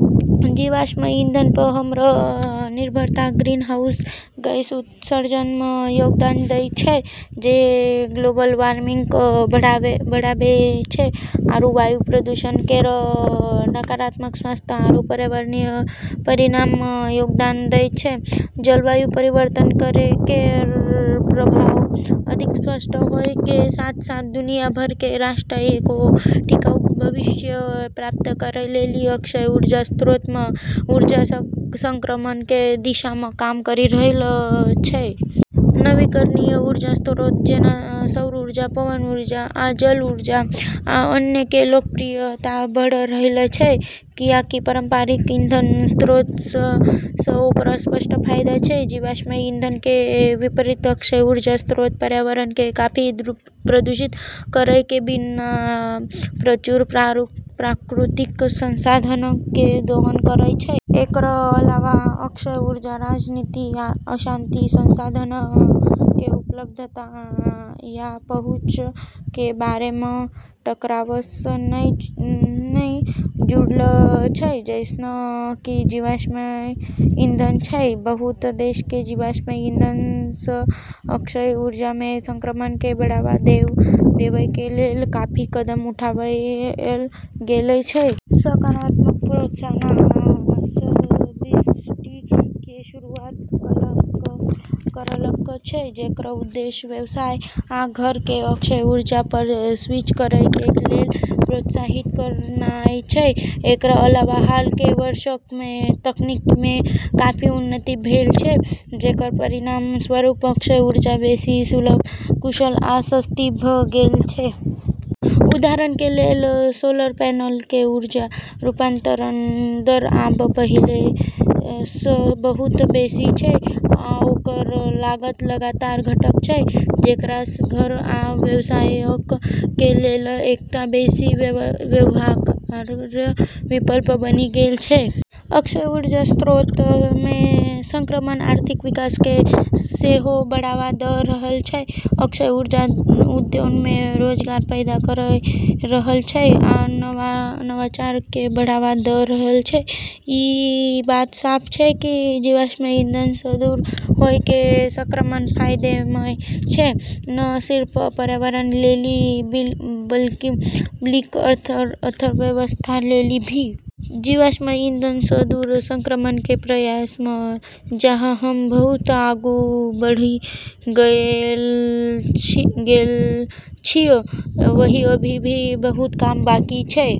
जीवाश्म ईंधन प॑ हमरऽ निर्भरता ग्रीनहाउस गैस उत्सर्जन म॑ योगदान दै छै जे ग्लोबल वार्मिंग क॑ बढ़ाबै छै आरू वायु प्रदूषण केरऽ नकारात्मक स्वास्थ्य आरू पर्यावरणीय परिणाम म॑ योगदान दै छै। जलवायु परिवर्तन केरऽ प्रभाव अधिक स्पष्ट होय के साथ-साथ दुनिया भर के राष्ट्र एगो टिकाऊ भविष्य प्राप्त करै लेली अक्षय ऊर्जा स्रोतऽ म॑ ऊर्जा संक्रमण के दिशा म॑ काम करी रहलऽ छै। नवीकरणीय ऊर्जा स्रोत जेना सौर ऊर्जा, पवन ऊर्जा, आ जल ऊर्जा, आ अन्य कें लोकप्रियता बढ़ रहल छै, कियाकि पारंपरिक ईंधन स्रोत सं ओकर स्पष्ट फायदा छै. जीवाश्म ईंधन कें विपरीत, अक्षय ऊर्जा स्रोत पर्यावरण कें काफी प्रदूषित करय कें बिना प्रचुर प्राकृतिक संसाधनक कें दोहन करय छै. एकरऽ अलावा अक्षय ऊर्जा राजनीतिक अशांति, संसाधनऽ के उपलब्धता, या पहुँच के बारे म॑ टकराव स॑ नै जुड़लऽ छै जैसनऽ कि जीवाश्म ईंधन छै। बहुत देशक मे जीवाश्म ईंधन सं अक्षय ऊर्जा मे संक्रमण कें बढ़ावा देवय कें लेल काफी कदम उठाएल गेल छै. सरकारक प्रोत्साहन आ सब्सिडी कें शुरूआत करलक छै जेकर उद्देश्य व्यवसाय आ घरक कें अक्षय ऊर्जा पर स्विच करय कें लेल प्रोत्साहित करनाय छै. एकर अलावा, हाल कें वर्षक मे तकनीक मे काफी उन्नति भेल छै, जेकर परिणामस्वरूप अक्षय ऊर्जा बेसि सुलभ, कुशल आ सस्ती भ गेल छै. उदाहरण कें लेल, सोलर पैनल कें ऊर्जा रूपांतरण दर आब पहिले सं बहुत बेसि छै, आ ओकर लागत लगातार घटल छै, जेकरा सं घर आ व्यवसायक कें लेल एकटा बेसि व्यवहार्य विकल्प बनि गेल छै. अक्षय ऊर्जा स्रोत मे संक्रमण आर्थिक विकास कें सेहो बढ़ावा द रहल छै, अक्षय ऊर्जा उद्योग मे रोजगार पैदा करय रहल छै, आ नवाचार कें बढ़ावा द रहल छै. ई बात साफ छै कि जीवाश्म ईंधन स॑ दूर होय के संक्रमण फायदेमंद छै, न सिर्फ पर्यावरण लेली बल्कि अर्थव्यवस्था लेली भी। जीवाश्म ईंधन स॑ दूर संक्रमण के प्रयास म॑ जहाँ हम्मं॑ बहुत आगू बढ़ी गेलऽ छियै, वहीं अभी भी बहुत काम बाकी छै।